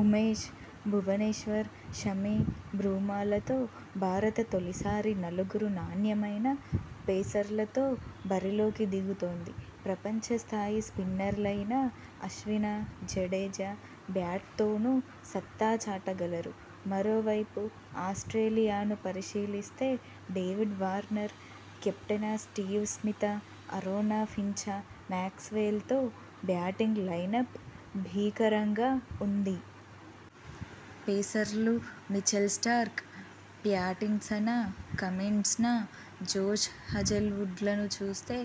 ఉమేష్, భువనేశ్వర్, షమి, బుమ్రాలతో భారత తొలిసారి నలుగురు నాణ్యమైన పేసర్లతో బరిలోకి దిగుతోంది. ప్రపంచ స్థాయి స్పిన్నర్లయిన అశ్విన, జడేజా బ్యాట్తోనూ సత్తా చాటగలరు. మరోవైపు ఆస్ట్రేలియాను పరిశీలిస్తే David Warner, captain Steve Smith, Aaron Finch, మాక్స్వెల్తో బ్యాటింగ్ లైనప్ భీకరంగా ఉంది. పేసర్లు మిచెల్ స్టార్క్, ప్యాటిన్సన, కమిన్స, జోష్ హాజెల్వుడ్లను చూస్తే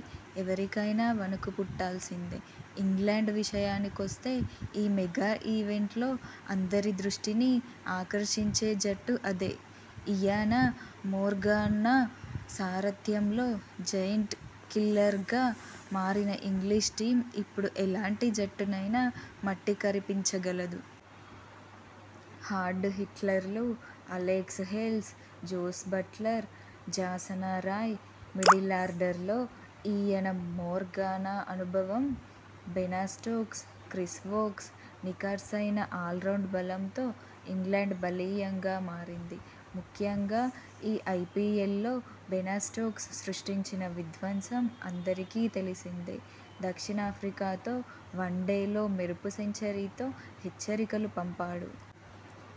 ఎవరికైనా వణుకు పుట్టాల్సిందే. ఇంగ్లండ్ విషయానికొస్తే ఈ మెగా ఈవెంట్లో అందరి దృష్టినీ ఆకర్షించే జట్టు అదే. ఇయాన మోర్గాన సారథ్యంలో జెయింట్ కిల్లర్గా మారిన ఇంగ్లిష్ టీమ్ ఇప్పుడు ఎలాంటి జట్టునైనా మట్టికరిపించగలదు. హార్డ్ హిట్టర్లు Alex Hales, Jos Buttler, Jason Roy, మిడిలార్డర్లో ఇయాన మోర్గాన అనుభవం బెన స్టోక్స్, క్రిస్ వోక్స్ నిఖార్సైన ఆల్రౌండ్ బలంతో ఇంగ్లండ్ బలీయంగా మారింది. ముఖ్యంగా ఈ ఐపీఎల్లో బెన స్టోక్స్ సృష్టించిన విధ్వంసం అందరికీ తెలిసిందే. దక్షిణాఫ్రికాతో వన్డేలో మెరుపు సెంచరీతో హెచ్చరికలు పంపాడు.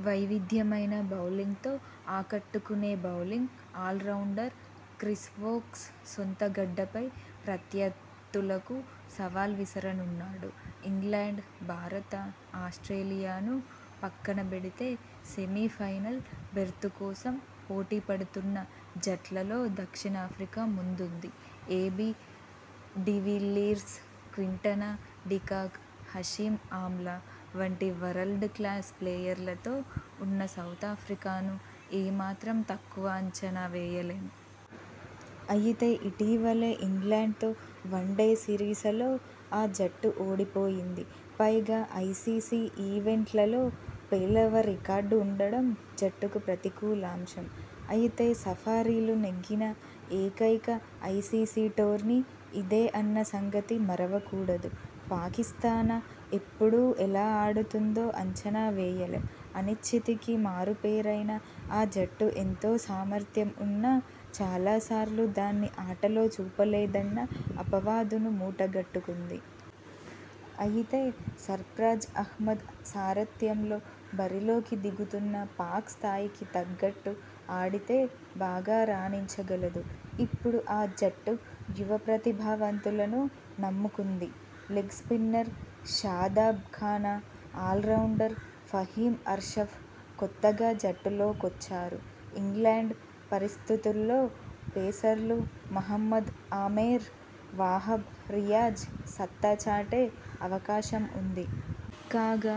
వైవిధ్యమైన బౌలింగ్తో ఆకట్టుకునే బౌలింగ్ ఆల్రౌండర్ క్రిస్ వోక్స్ సొంత గడ్డపై ప్రత్యర్థులకు సవాల్ విసరనున్నాడు. ఇంగ్లండ్, భారత, ఆస్ట్రేలియాను పక్కనబెడితే సెమీఫైనల్ బెర్తు కోసం పోటీ పడుతున్న జట్లలో దక్షిణాఫ్రికా ముందుంది. AB de Villiers, Quinton de Kock, Hashim Amla వంటి వరల్డ్ క్లాస్ ప్లేయర్లతో ఉన్న సౌతాఫ్రికాను ఏ మాత్రం తక్కువ అంచనా వేయలేం. అయితే, ఇటీవలే ఇంగ్లండ్తో వన్డే సిరీ్సలో ఆ జట్టు ఓడిపోయింది. పైగా ఐసీసీ ఈవెంట్లలో పేలవ రికార్డు ఉండడం జట్టుకు ప్రతికూలాంశం. అయితే, సఫారీలు నెగ్గిన ఏకైక ఐసీసీ టోర్నీ ఇదే అన్న సంగతి మరవకూడదు. పాకిస్థాన ఎప్పుడు ఎలా ఆడుతుందో అంచనా వేయలేం. అనిశ్చితికి మారుపేరైన ఆ జట్టు ఎంతో సామర్థ్యం ఉన్నా చాలాసార్లు దాన్ని ఆటలో చూపలేదన్న అపవాదును మూటగట్టుకుంది. అయితే, సర్ఫ్రాజ్ అహ్మద్ సారథ్యంలో బరిలోకి దిగుతున్న పాక్ స్థాయికి తగ్గట్టు ఆడితే బాగా రాణించగలదు. ఇప్పుడు ఆ జట్టు యువ ప్రతిభావంతులను నమ్ముకుంది. Leg spinner Shadab Khan, allrounder Faheem అర్షఫ్ కొత్తగా జట్టులోకొచ్చారు. ఇంగ్లండ్ పరిస్థితుల్లో పేసర్లు మహమ్మద్ ఆమెర్, వాహబ్ రియాజ్ సత్తా చాటే అవకాశం ఉంది. కాగా,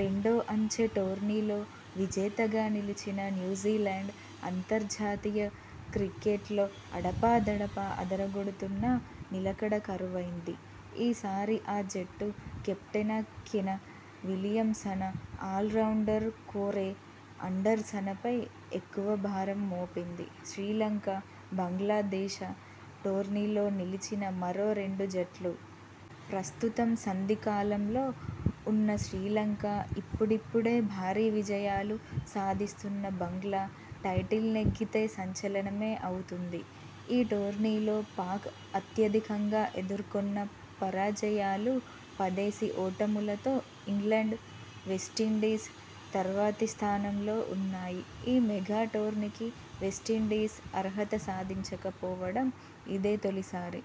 రెండో అంచె టోర్నీ లో విజేతగా నిలిచిన న్యూజిలాండ్ అంతర్జాతీయ క్రికెట్లో అడపాదడపా అదరగొడుతున్నా నిలకడ కరువైంది. ఈ సారి ఆ జట్టు కెప్టెన కేన విలియమ్సన, ఆల్రౌండర్ కోరె అండర్సనపై ఎక్కువ భారం మోపింది. శ్రీలంక, బంగ్లాదేశ టోర్నీలో నిలిచిన మరో రెండు జట్లు. ప్రస్తుతం సంధికాలం లో ఉన్న శ్రీలంక, ఇప్పుడిప్పుడే భారీ విజ యాలు సాధిస్తున్న బంగ్లా టైటిల్ నెగ్గితే సంచలనమే అవుతుంది. ఈ టోర్నీలో పాక్ అత్యధికంగా ఎదుర్కొన్న పరాజయాలు. పదేసి ఓటములతో ఇంగ్లండ్, వెస్టిండీస్ తర్వాతి స్థానంలో ఉన్నాయి. ఈ మెగా టోర్నీకి వెస్టిండీస్ అర్హత సాధించకపోవడం ఇదే తొలిసారి.